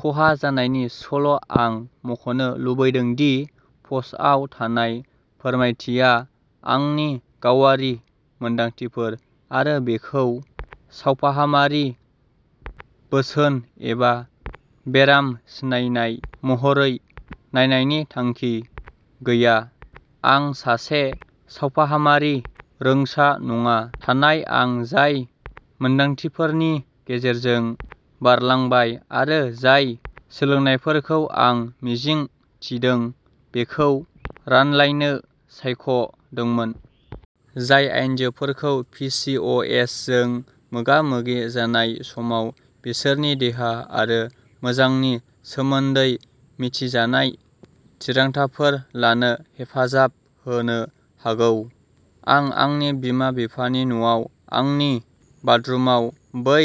खहा जानायनि सल' आं मख'नो लुबैदों दि प'स्टआव थानाय फोरमायथिया आंनि गावारि मोनदांथिफोर आरो बेखौ सावफाहामारि बोसोन एबा बेराम सिनायनाय महरै नायनायनि थांखि गैया। आं सासे सावफाहामारि रोंसा नङा। नाथाय आं जाय मोनदांथिफोरनि गेजेरजों बारलांबाय आरो जाय सोलोंनायफोरखौ आं मिजिं थिदों बेखौ रानलायनो सायख'दोंमोन। जाय आयजोफोरखौ पि चि अ एस जों मोगा-मोगि जानाय समाव बिसोरनि देहा आरो मोजांनि सोमोन्दै मिथिजानाय थिरांथाफोर लानो हेफाजाब होनो हागौ। आं आंनि बिमा-बिफानि न'आव आंनि बाथरुमआव बै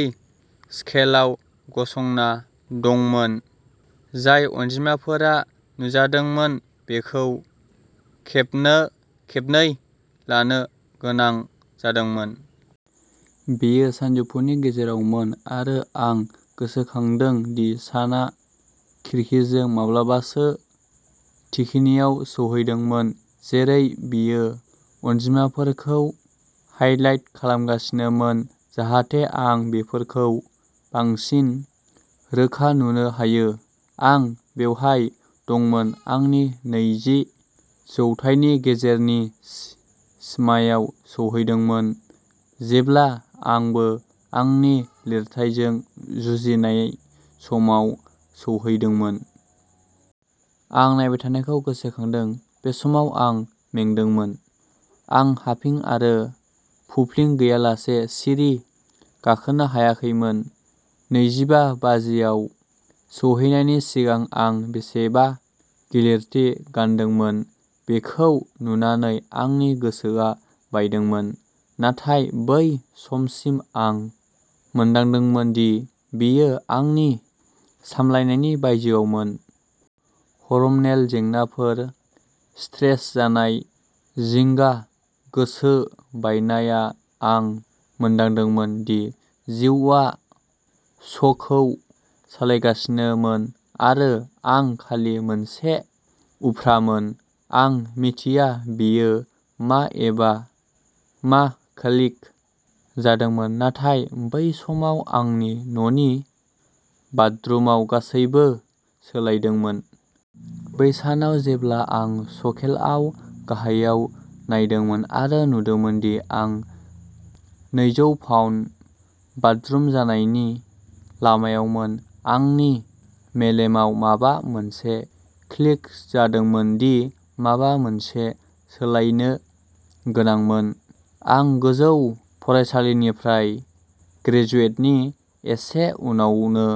स्केलआव गसंना दंमोन। जाय अनजिमाफोरा नुजादोंमोन बेखौ खेबनो खेबनै लानो गोनां जादोंमोन। बेयो सानजौफुनि गेजेरावमोन आरो आं गोसोखांदों दि साना खिरखिजों माब्लाबासो थिखिनियाव सौहैदोंमोन। जेरै बेयो अनजिमाफोरखौ हाइलाइट खालामगासिनोमोन जाहाथे आं बेफोरखौ बांसिन रोखा नुनो हायो। आं बेवहाय दंमोन आंनि नैजि जौथायनि गेजेरनि सिमायाव सौहैदोंमोन जेब्ला आंबो आंनि लिरथायजों जुजिनाय सिमायाव सौहैदोंमोन। आं नायबाय थानायखौ गोसोखांदों। बे समाव आं मेंदोंमोन। आं हाफिं आरो फुफ्लिं गैयालासे सिरि गाखोनो हायाखैमोन। नैजि बा बाजिआव सौहैनायनि सिगां आं बेसेबां गिलिरथि गानदोंमोन बेखौ नुनानै आंनि गोसोआ बायदोंमोन। नाथाय बै समसिम आं मोनदांदोंमोन दि बेयो आंनि सामलायनायनि बायजोआवमोन। हरम'नेल जेंनाफोर स्ट्रेस जानाय, जिंगा, गोसो बायनाया आं मोनदांदोंमोन दि जिउआ श'खौ सालायगासिनोमोन आरो आं खालि मोनसे उफ्रामोन। आं मिथिया बेयो मा एबा मा क्लिक जादोंमोन। नाथाय बै सानाव आंनि न'नि बाथरुमाव गासैबो सोलायदोंमोन। बै सानाव जेब्ला आं सकेलआव गाहायाव नायदोंमोन आरो नुदोंमोन दि आं नैजौ पाउन्द बाज्रुम जानायनि लामायावमोन। आंनि मेलेमाव माबा मोनसे क्लिक जादोंमोन दि माबा मोनसे सोलायनो गोनांमोन। आं गोजौ फरायसालिनिफ्राय ग्रेजुवेटनि एसे उनावनो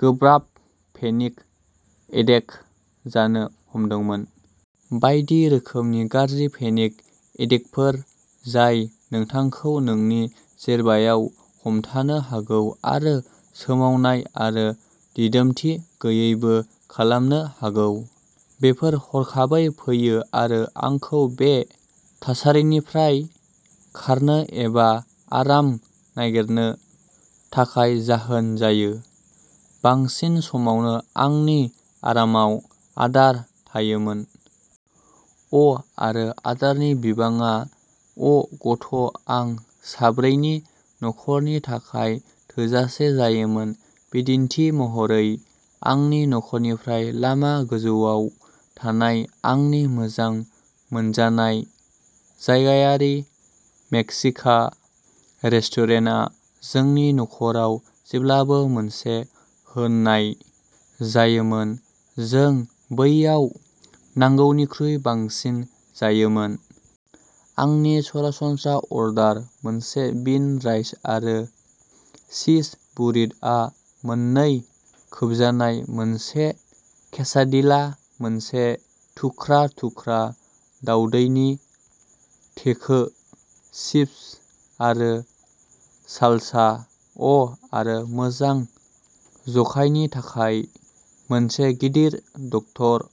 गोब्राब पेनिक एटेक जानो हमदोंमोन। बायदि रोखोमनि गाज्रि पेनिक एटेकफोर जाय नोंथांखौ नोंनि जेरबायाव हमथानो हागौ। आरो सोमावनाय आरो दिदोमथि गैयैबो खालामनो हागौ। बेफोर हरखाबै फैयो आरो आंखौ बे थासारिनिफ्राय खारनो एबा आराम नागिरनो थाखाय जाहोन जायो। बांसिन समावनो आंनि आरामाव आदार थायोमोन। अ आरो आदारनि बिबाङा अ' गथ' आं साब्रैनि नखरनि थाखाय थोजासे जायोमोन। बिदिन्थि महरै आंनि न'निफ्राय लामा गोजौआव थानाय आंनि मोजां मोनजानाय जायगायारि मेक्सिकान रेस्टुरेन्टआ जोंनि न'खराव जेब्लाबो मोनसे होनाय जायोमोन। जों बैयाव नांगौनिख्रुइ बांसिन जायोमोन। आंनि सरासनस्रा अरडार मोनसे बिन राइस आरो चीज बुरिट आ मोननै खोबजानाय मोनसे केसाडिला मोनसे थुख्रा-थुख्रा दावदैनि टेको, चिप्स आरो सालसा, अ आरो मोजां जखानि थाखाय मोनसे गिदिर डक्टर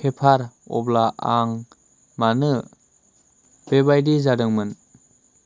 पेपार। अब्ला आं मानो बेबायदि जादोंमोन?